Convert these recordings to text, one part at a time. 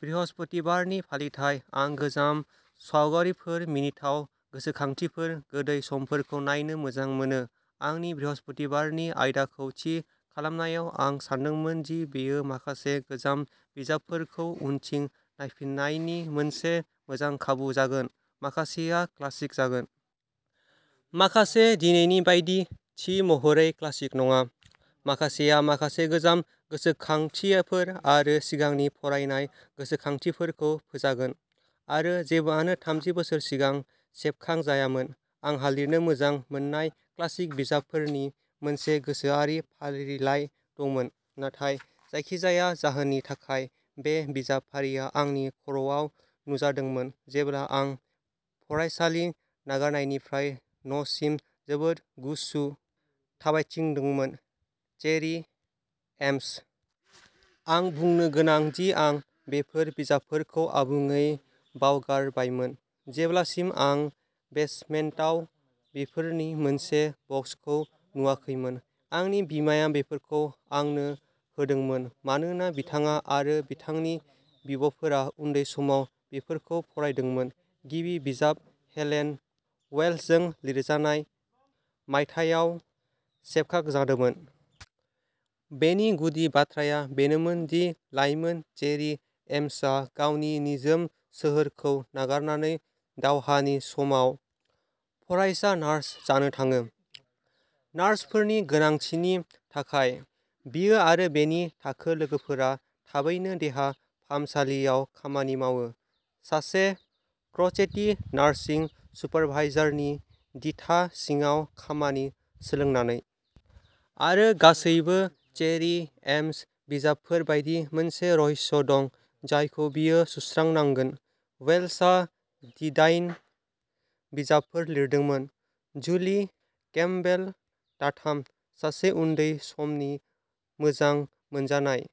बृहस्पतिबारनि फालिथाय। आं गोजाम सावगारिफोर, मिनिथाव गोसोखांथिफोर, गोदै समफोरखौ नायनो मोजां मोनो। आंनि बृहस्पतिबारनि आयदाखौ थि खालामनायाव, आं सानदोंमोन दि बेयो माखासे गोजाम बिजाबफोरखौ उनथिं नायफिन्नायनि मोनसे मोजां खाबु जागोन। माखासेआ क्लासिक जागोन। माखासे दिनैनि बायदि, थि महरै क्लासिक नङा। माखासेया माखासे गोजाम गोसोखांथिफोर आरो सिगांनि फरायनाय गोसोखांथिफोरखौ फोजागोन। आरो जेबोआनो थामजि बोसोर सिगां सेबखांजायामोन। आंहा लिरनो मोजां मोन्नाय क्लासिक बिजाबफोरनि मोनसे गोसोआरि फारिलाइ दंमोन, नाथाय जायखिजाया जाहोननि थाखाय, बे बिजाब फारिआ आंनि खर'आव नुजादोंमोन जेब्ला आं फरायसालि नागारनायनिफ्राय न'सिम जोबोद गुसु थाबायथिंदोंमोन चेरी एम्स। आं बुंनो गोनां दि आं बेफोर बिजाबफोरखौ आबुङै बावगारबायमोन जेब्लासिम आं बेसमेन्टाव बेफोरनि मोनसे बक्सखौ नुवाखैमोन। आंनि बिमाया बेफोरखौ आंनो होदोंमोन मानोना बिथाङा आरो बिथांनि बिब'फोरा उन्दै समाव बेफोरखौ फरायदोंमोन। गिबि बिजाब, हेलेन वेल्सजों लिरजानाय, मायथाइयाव सेबखांजादोंमोन। बेनि गुदि बाथ्राया बेनोमोन दि लाइमोन चेरी एम्सआ गावनि निजोम सोहोरखौ नागारनानै दावहानि समाव फरायसा नार्स जानो थाङो। नार्सफोरनि गोनांथिनि थाखाय, बियो आरो बिनि थाखो लोगोफोरा थाबैनो देहा फाहामसालियाव खामानि मावो, सासे क्र'चेटी नार्सिं सुपारभाइजारनि दिथा सिङाव खामानि सोलोंनानै। आरो, गासैबो चेरी एम्स बिजाबफोर बायदि, मोनसे रहस्य दं जायखौ बियो सुस्रांनांगोन। वेल्सआ दिदाइन बिजाबफोर लिरदोंमोन। जुलि कैम्पबेल टाथाम, सासे उन्दै समनि मोजां मोनजानाय,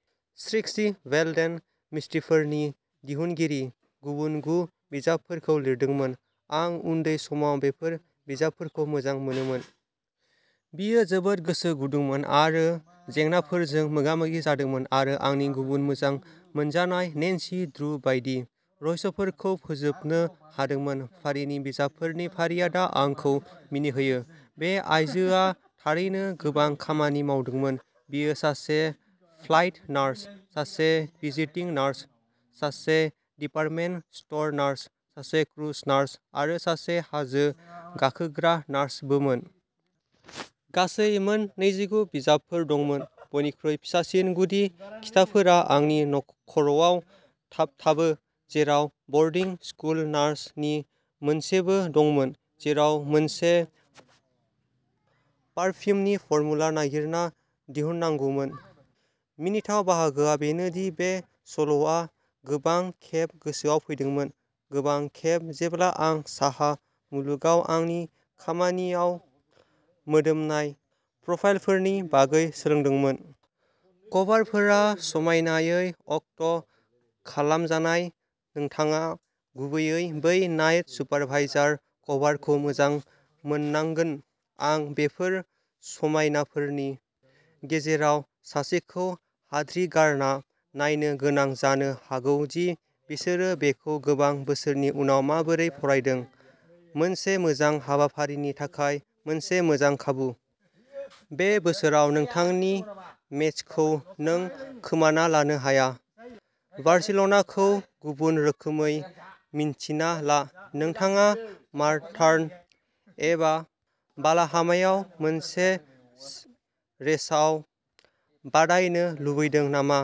ट्रिक्सी बेल्डेन मिस्ट्रिफोरनि दिहुनगिरि, गुबुन गु बिजाबफोरखौ लिरदोंमोन। आं उन्दै समाव बेफोर बिजाबफोरखौ मोजां मोनोमोन। बियो जोबोद गोसो गुदुंमोन आरो जेंनाफोरजों मोगा-मोगि जादोंमोन आरो आंनि गुबुन मोजां मोनजानाय नैन्सी ड्रू बायदि, रहस्यफोरखौ फोजोबनो हादोंमोन। फारिनि बिजाबफोरनि फारिया दा आंखौ मिनिहोयो। बे आइजोआ थारैनो गोबां खामानि मावदोंमोन। बियो सासे फ्लाइट नार्स, सासे विजिटिं नार्स, सासे डिपार्टमेन्ट स्ट'र नार्स, सासे क्रुज नार्स, आरो सासे हाजो गाखोग्रा नार्सबोमोन। गासै मोन नैजिगु बिजाबफोर दंमोन। बयनिख्रुइ फिसासिन गुदि खिथाफोरा आंनि खर'आव थाबथाबो, जेराव बर्डिं स्कुल नार्स नि मोनसेबो दंमोन, जेराव मोनसे पारफिउमनि फर्मुला नागिरना दिहुननांगौमोन। मिनिथाव बाहागोआ बेनो दि बे सल'आ गोबां खेब गोसोआव फैदोंमोन, गोबां खेब जेब्ला आं साहा मुलुगाव आंनि खामानियाव मोदोमनाय प्रफाइलफोरनि बागै सोलोंदोंमोन। कभारफोरा समायनायै अक्ट' खालामजानाय नोंथाङा गुबैयै बै नाइट सुपारभाइजार कभारखौ मोजां मोननांगोन। आं बेफोर समायनाफोरनि गेजेराव सासेखौ हाद्रि गारना नायनो गोनां जानो हागौ दि बिसोरो बेखौ गोबां बोसोरनि उनाव माबोरै फरायदों। मोनसे मोजां हाबाफारिनि थाखाय मोनसे मोजां खाबु! बे बोसोराव नोंथांनि मेचखौ नों खोमाना लानो हाया बार्सिल'नाखौ गुबुन रोखोमै मिन्थिना ला। नोंथाङा मारथान एबा बालाहामायाव मोनसे रेसाव बादायनो लुबैदों नामा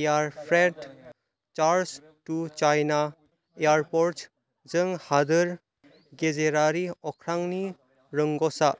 air freight charges to China airports. जों हादोर गेजेरारि अख्रांनि रोंग'सा।